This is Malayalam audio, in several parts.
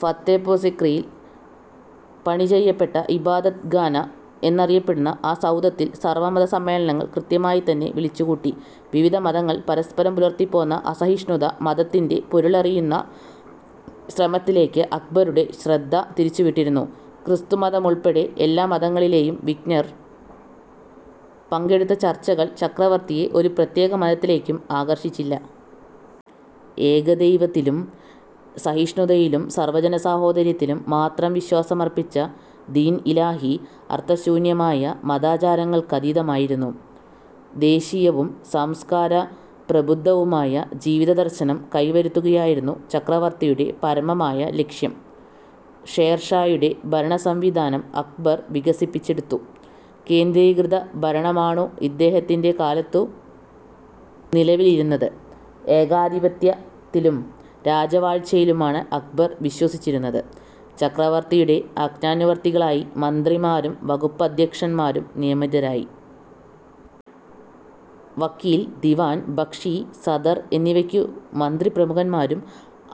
ഫത്തേപ്പൂർ സിക്രിയിൽ പണി ചെയ്യപ്പെട്ട 'ഇബാദത്ത് ഖാന' എന്നറിയപ്പെടുന്ന ആ സൌധത്തിൽ സർവമത സമ്മേളനങ്ങൾ കൃത്യമായിത്തന്നെ വിളിച്ചുകൂട്ടി. വിവിധ മതങ്ങൾ പരസ്പരം പുലർത്തിപ്പോന്ന അസഹിഷ്ണുത 'മത'ത്തിന്റെ പൊരുളറിയുന്ന ശ്രമത്തിലേക്ക് അക്ബറുടെ ശ്രദ്ധ തിരിച്ചുവിട്ടിരുന്നു. ക്രിസ്തുമതമുൾപ്പെടെ എല്ലാ മതങ്ങളിലെയും വിജ്ഞർ പങ്കെടുത്ത ചർച്ചകൾ ചക്രവർത്തിയെ ഒരു പ്രത്യേക മതത്തിലേക്കും ആകർഷിച്ചില്ല. ഏകദൈവത്തിലും സഹിഷ്ണുതയിലും സർവജനസാഹോദര്യത്തിലും മാത്രം വിശ്വാസമർപ്പിച്ച 'ദീൻ ഇലാഹി' അർത്ഥശൂന്യമായ മതാചാരങ്ങൾക്കതീതമായിരുന്നു. ദേശീയവും സംസ്കാര പ്രബുദ്ധവുമായ ജീവിതദർശനം കൈവരുത്തുകയായിരുന്നു ചക്രവർത്തിയുടെ പരമമായ ലക്ഷ്യം. ഷേർഷായുടെ ഭരണസംവിധാനം അക്ബർ വികസിപ്പിച്ചെടുത്തു. കേന്ദ്രീകൃത ഭരണമാണു ഇദ്ദേഹത്തിന്റെ കാലത്തു നിലവിലിരുന്നത്. ഏകാധിപത്യത്തിലും രാജവാഴ്ചയിലുമാണ് അക്ബർ വിശ്വസിച്ചിരുന്നത്. ചക്രവർത്തിയുടെ ആജ്ഞാനുവർത്തികളായി മന്ത്രിമാരും വകുപ്പധ്യക്ഷന്മാരും നിയമിതരായി. 'വക്കീൽ', 'ദിവാൻ', 'ബക്ഷി', 'സദർ' എന്നിവയ്ക്കു മന്ത്രിപ്രമുഖന്മാരും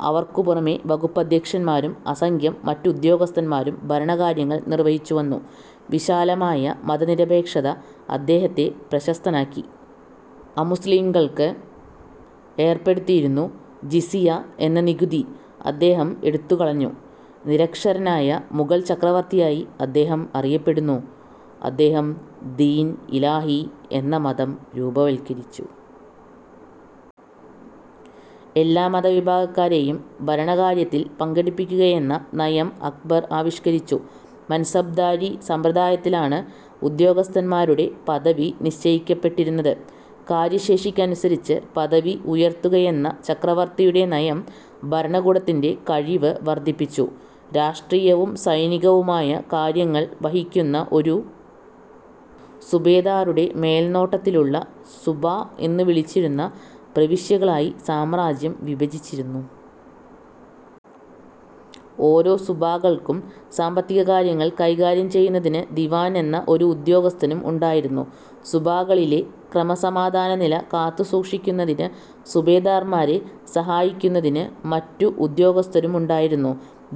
അവർക്കു പുറമേ വകുപ്പധ്യക്ഷന്മാരും അസംഖ്യം മറ്റുദ്യോഗസ്ഥന്മാരും ഭരണകാര്യങ്ങൾ നിർവഹിച്ചുവന്നു. വിശാലമായ മതനിരപേക്ഷത അദ്ദേഹത്തെ പ്രശസ്തനാക്കി. അമുസ്ലിംകൾക്ക് ഏർപ്പെടുത്തിയിരുന്നു ജിസിയ എന്ന നികുതി അദ്ദേഹം എടുത്തുകളഞ്ഞു. നിരക്ഷരനായ മുഗൾ ചക്രവർത്തിയായി അദ്ദേഹം അറിയപ്പെടുന്നു. അദ്ദേഹം ദീൻ ഇലാഹി എന്ന മതം രൂപവത്കരിച്ചു. എല്ലാ മതവിഭാഗക്കാരെയും ഭരണകാര്യത്തിൽ പങ്കെടുപ്പിക്കുകയെന്ന നയം അക്ബർ ആവിഷ്കരിച്ചു. 'മൻസബ്ദാരി' സമ്പ്രദായത്തിലാണ് ഉദ്യോഗസ്ഥന്മാരുടെ പദവി നിശ്ചയിക്കപ്പെട്ടിരുന്നത്. കാര്യശേഷിക്കനുസരിച്ച് പദവി ഉയർത്തുകയെന്ന ചക്രവർത്തിയുടെ നയം ഭരണകൂടത്തിന്റെ കഴിവ് വർദ്ധിപ്പിച്ചു. രാഷ്ട്രീയവും സൈനികവുമായ കാര്യങ്ങൾ വഹിക്കുന്ന ഒരു സുബേദാറുടെ മേൽനോട്ടത്തിലുള്ള സുബാ എന്നു വിളിച്ചിരുന്ന പ്രവിശ്യകളായി സാമ്രാജ്യം വിഭജിച്ചിരുന്നു. ഓരോ സുബാകൾക്കും സാമ്പത്തികകാര്യങ്ങൾ കൈകാര്യം ചെയ്യുന്നതിന് ദിവാൻ എന്ന ഒരു ഉദ്യോഗസ്ഥനും ഉണ്ടായിരുന്നു. സുബാകളിലെ ക്രമസമാധാന നില കാത്തു സൂക്ഷിക്കുന്നതിന് സുബേദാർമാരെ സഹായിക്കുന്നതിന് മറ്റു ഉദ്യോഗസ്ഥരുമുണ്ടായിരുന്നു.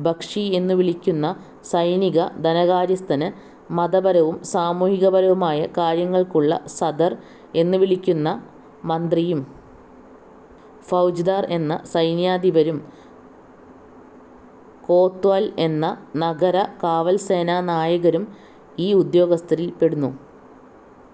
ബക്ഷി എന്നു വിളിക്കുന്ന സൈനിക ധനകാര്യസ്ഥന് മതപരവും സാമൂഹികവുമായ കാര്യങ്ങൾക്കുള്ള സദ്ർ എന്നു വിളിക്കുന്ന മന്ത്രിയും ഫൗജ്ദാർ എന്ന സൈന്യാധിപരും കോത്വാൽ എന്ന നഗര കാവൽസേനാനായകരും ഈ ഉദ്യോഗസ്ഥരിൽ പെടുന്നു.